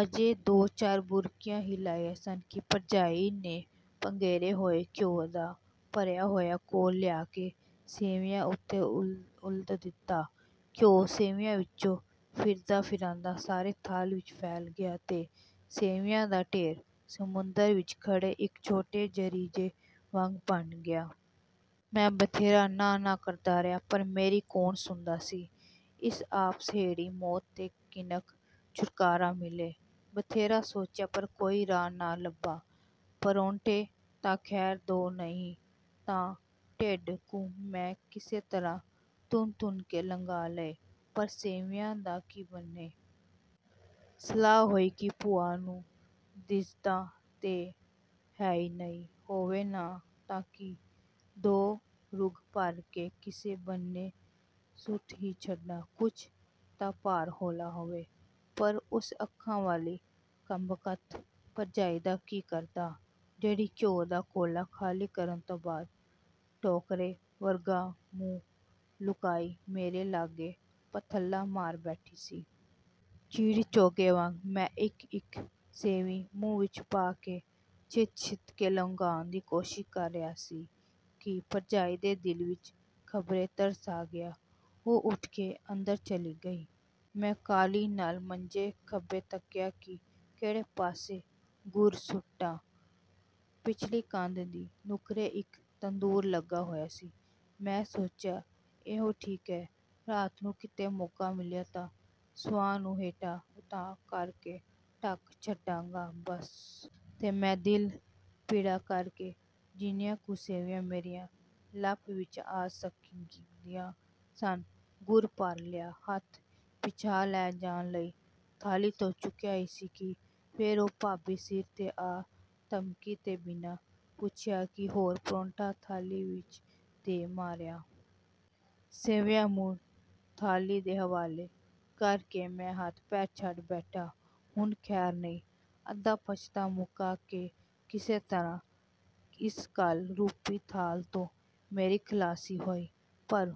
ਅਜੇ ਦੋ ਚਾਰ ਬੁਰਕੀਆਂ ਹੀ ਲਈਆਂ ਸਨ ਕਿ ਭਰਜਾਈ ਨੇ ਪੰਘਰੇ ਹੋਏ ਘਿਉ ਦਾ ਭਰਿਆ ਹੋਇਆ ਕੌਲ ਲਿਆ ਕੇ ਸੇਵੀਆਂ ਉਤੇ ਉਲਦ ਦਿੱਤਾ। ਘਿਉ ਸੇਵੀਆਂ ਵਿਚੋਂ ਫਿਰਦਾ ਫਿਰਾਂਦਾ ਸਾਰੇ ਥਾਲ ਵਿਚ ਫੈਲ ਗਿਆ ਤੇ ਸੇਵੀਆਂ ਦਾ ਢੇਰ, ਸਮੁੰਦਰ ਵਿਚ ਖੜੇ ਇਕ ਛੋਟੇ ਜਜ਼ੀਰੇ ਵਾਂਗ ਬਣ ਗਿਆ। ਮੈਂ ਬਥੇਰਾ 'ਨਾ ਨਾ ਨਾ' ਕਰਦਾ ਰਿਹਾ, ਪਰ ਮੇਰੀ ਕੌਣ ਸੁਣਦਾ ਸੀ। "ਇਸ ਆਪ ਸਹੇੜੀ ਮੌਤ ਤੋਂ ਕੀਕਣ ਛੁਟਕਾਰਾ ਮਿਲੇ", ਬਥੇਰਾ ਸੋਚਿਆ ਪਰ ਕੋਈ ਰਾਹ ਨਾ ਲੱਭਾ। ਪਰੌਂਠੇ ਤਾਂ ਖ਼ੈਰ ਦੋ ਨਹੀਂ, ਤਾਂ ਡੇਢ ਕੁ ਮੈਂ ਕਿਸੇ ਤਰ੍ਹਾਂ ਤੁੰਨ ਤੁੰਨ ਕੇ ਲੰਘਾ ਲਏ, ਪਰ ਸੇਵੀਆਂ ਦਾ ਕੀ ਬਣੇ? ਸਲਾਹ ਹੋਈ ਕਿ ਭੂਆ ਨੂੰ ਦਿਸਦਾ ਤੇ ਹੈ ਨਹੀਂ, ਹੋਵੇ ਨਾ ਤਾਂ ਇਕ ਦੋ ਰੁਗ ਭਰ ਕੇ ਕਿਸੇ ਬੰਨੇ ਸੁੱਟ ਹੀ ਛੱਡਾਂ, ਕੁਝ ਤਾਂ ਭਾਰ ਹੌਲਾ ਹੋਵੇ, ਪਰ ਉਸ ਅੱਖਾਂ ਵਾਲੀ ਕਮਬਖ਼ਤ ਭਰਜਾਈ ਦਾ ਕੀ ਕਰਦਾ, ਜਿਹੜੀ ਘਿਉ ਦਾ ਕੌਲ ਖਾਲੀ ਕਰਨ ਤੋਂ ਬਾਅਦ ਟੋਕਰੇ ਵਰਗਾ ਮੂੰਹ ਲੁਕਾਈ ਮੇਰੇ ਲਾਗੇ ਪਥੱਲਾ ਮਾਰੀ ਬੈਠੀ ਸੀ। ਚਿੜੀ-ਚੋਗੇ ਵਾਂਗ ਮੈਂ ਇਕ ਇਕ ਸੇਵੀਂ ਮੂੰਹ ਵਿਚ ਪਾ ਕੇ, ਚਿੱਥ ਚਿੱਥ ਕੇ ਲੰਘਾਉਣ ਦੀ ਕੋਸ਼ਿਸ਼ ਕਰ ਰਿਹਾ ਸਾਂ ਕਿ ਭਰਜਾਈ ਦੇ ਦਿਲ ਵਿਚ ਖਬਰੇ ਤਰਸ ਆ ਗਿਆ, ਉਹ ਉਠ ਕੇ ਅੰਦਰ ਚਲੀ ਗਈ। ਮੈਂ ਕਾਹਲੀ ਨਾਲ ਸੱਜੇ ਖੱਬੇ ਤੱਕਿਆ ਕਿ ਕਿਹੜੇ ਪਾਸੇ ਰੁਗ ਸੁੱਟਾਂ। ਪਿਛਲੀ ਕੰਧ ਦੀ ਨੁਕਰੇ ਇਕ ਤੰਦੂਰ ਲੱਗਾ ਹੋਇਆ ਸੀ, ਮੈਂ ਸੋਚਿਆ ਇਹੋ ਠੀਕ ਹੈ। ਰਾਤ ਨੂੰ ਕਿਤੇ ਮੌਕਾ ਮਿਲਿਆ ਤਾਂ ਸੁਆਹ ਨੂੰ ਹੇਠਾਂ ਉਤਾਂਹ ਕਰ ਕੇ ਢਕ ਛੱਡਾਂਗਾ, ਬਸ। ਤੇ ਮੈਂ ਦਿਲ ਪੀਡਾ ਕਰ ਕੇ ਜਿੰਨੀਆਂ ਕੁ ਸੇਵੀਆਂ ਮੇਰੀ ਲੱਪ ਵਿਚ ਆ ਸਕਦੀਆ ਸਨ, ਰੁਗ ਭਰ ਲਿਆ। ਹੱਥ ਪਿਛਾਂਹ ਲੈ ਜਾਣ ਲਈ ਥਾਲੀ ਤੋਂ ਚੁੱਕਿਆ ਹੀ ਸੀ ਕਿ ਫਿਰ ਓਹੀ ਭਾਬੀ ਸਿਰ 'ਤੇ ਆ ਧਮਕੀ ਤੇ ਬਿਨਾਂ ਪੁੱਛਿਆਂ ਇਕ ਹੋਰ ਪਰੌਂਠਾ ਥਾਲੀ ਵਿਚ ਦੇਹ ਮਾਰਿਆ। ਸੇਵੀਆਂ ਮੁੜ ਥਾਲੀ ਦੇ ਹਵਾਲੇ ਕਰ ਕੇ ਮੈਂ ਹੱਥ ਪੈਰ ਛੱਡ ਬੈਠਾ, "ਹੁਣ ਖ਼ੈਰ ਨਹੀਂ। " ਅੱਧਾ-ਪਚੱਧਾ ਮੁਕਾ ਕੇ ਕਿਸੇ ਤਰ੍ਹਾਂ ਇਸ ਕਾਲ ਰੂਪੀ ਥਾਲ ਤੋਂ ਮੇਰੀ ਖਲਾਸੀ ਹੋਈ, ਪਰ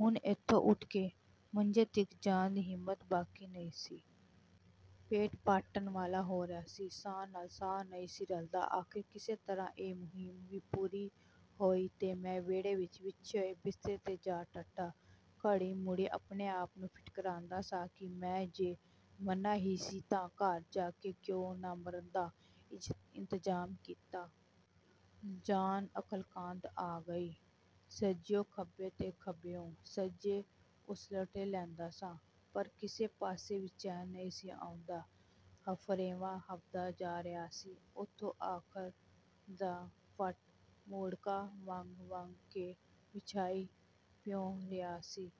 ਹੁਣ ਏਥੋਂ ਉਠ ਕੇ ਮੰਜੇ ਤੀਕ ਜਾਣ ਦੀ ਹਿੰਮਤ ਬਾਕੀ ਨਹੀਂ ਸੀ। ਪੇਟ ਪਾਟਣ ਵਾਲਾ ਹੋ ਰਿਹਾ ਸੀ ਸਾਹ ਨਾਲ ਸਾਹ ਨਹੀਂ ਸੀ ਰਲਦਾ। ਅਖੀਰ ਕਿਸੇ ਤਰ੍ਹਾਂ ਇਹ ਮੁਹਿੰਮ ਵੀ ਪੂਰੀ ਹੋਈ ਤੇ ਮੈਂ ਵੇਹੜੇ ਵਿਚ ਵਿਛੇ ਹੋਏ ਬਿਸਤਰੇ ਤੇ ਜਾ ਢੱਠਾ। ਘੜੀ ਮੁੜੀ ਆਪਣੇ ਆਪ ਨੂੰ ਫਿਟਕਾਰਦਾ ਸਾਂ ਕਿ ਮੈਂ ਜੇ ਮਰਨਾ ਹੀ ਸੀ ਤਾਂ ਘਰ ਜਾ ਕੇ ਕਿਉਂ ਨਾ ਮਰਨ ਦਾ ਇੰਤਜ਼ਾਮ ਕੀਤਾ। ਜਾਨ ਅੱਕਲਕਾਂਦ ਆ ਗਈ। ਸੱਜਿਓਂ ਖੱਬੇ ਤੇ ਖੱਬਿਓਂ ਸੱਜੇ ਉਸਲਵੱਟੇ ਲੈਂਦਾ ਸਾਂ, ਪਰ ਕਿਸੇ ਪਾਸੇ ਵੀ ਚੈਨ ਨਹੀਂ ਸੀ ਆਉਂਦਾ। ਅਫਰੇਵਾਂ ਵਧਦਾ ਜਾ ਰਿਹਾ ਸੀ ਤੇ ਉਤੋਂ ਆਖਰਾਂ ਦਾ ਵੱਟ। ਮੁੜ੍ਹਕਾ ਵਗ ਵਗ ਕੇ ਵਿਛਾਈ ਭਿਉਂ ਰਿਹਾ ਸੀ।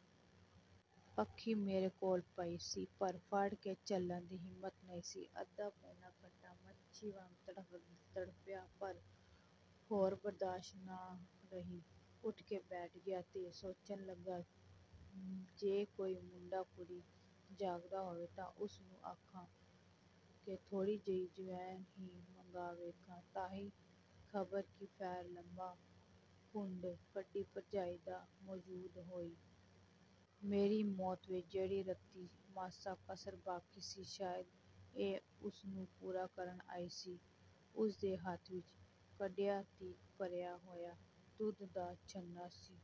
ਪੱਖੀ ਮੇਰੇ ਕੋਲ ਪਈ ਸੀ ਪਰ ਫੜ ਕੇ ਝੱਲਣ ਦੀ ਹਿੰਮਤ ਨਹੀਂ ਸੀ। ਅੱਧਾ-ਪੌਣਾ ਘੰਟਾ ਮੱਛੀ ਵਾਂਗ ਤੜਫਿਆ, ਪਰ ਹੋਰ ਬਰਦਾਸ਼ਤ ਨਾ ਰਹੀ। ਉਠ ਕੇ ਬੈਠ ਗਿਆ, ਤੇ ਸੋਚਣ ਲੱਗਾ, ਜੇ ਕੋਈ ਮੁੰਡਾ ਕੁੜੀ ਜਾਗਦਾ ਹੋਵੇ ਤਾਂ ਉਸ ਨੂੰ ਆਖ ਕੇ ਥੋੜੀ ਜਿਹੀ ਜਵੈਣ ਹੀ ਮੰਗ ਵੇਖਾਂ, ਤਾਂਹੀ ਖਬਰ ਕਿ ਫੇਰ ਲੰਮਾ ਘੁੰਡ ਕੱਢੀ ਭਰਜਾਈ ਆ ਮੌਜੂਦ ਹੋਈ। ਮੇਰੀ ਮੌਤ ਵਿਚ ਜਿਹੜੀ ਰਤੀ ਮਾਸਾ ਕਸਰ ਬਾਕੀ ਸੀ, ਸ਼ਾਇਦ ਇਹ ਉਸ ਨੂੰ ਪੂਰਾ ਕਰਨ ਆਈ ਸੀ। ਉਸ ਦੇ ਹੱਥ ਵਿਚ ਕੰਢਿਆਂ ਤੀਕ ਭਰਿਆ ਹੋਇਆ ਦੁੱਧ ਦਾ ਛੰਨਾ ਸੀ।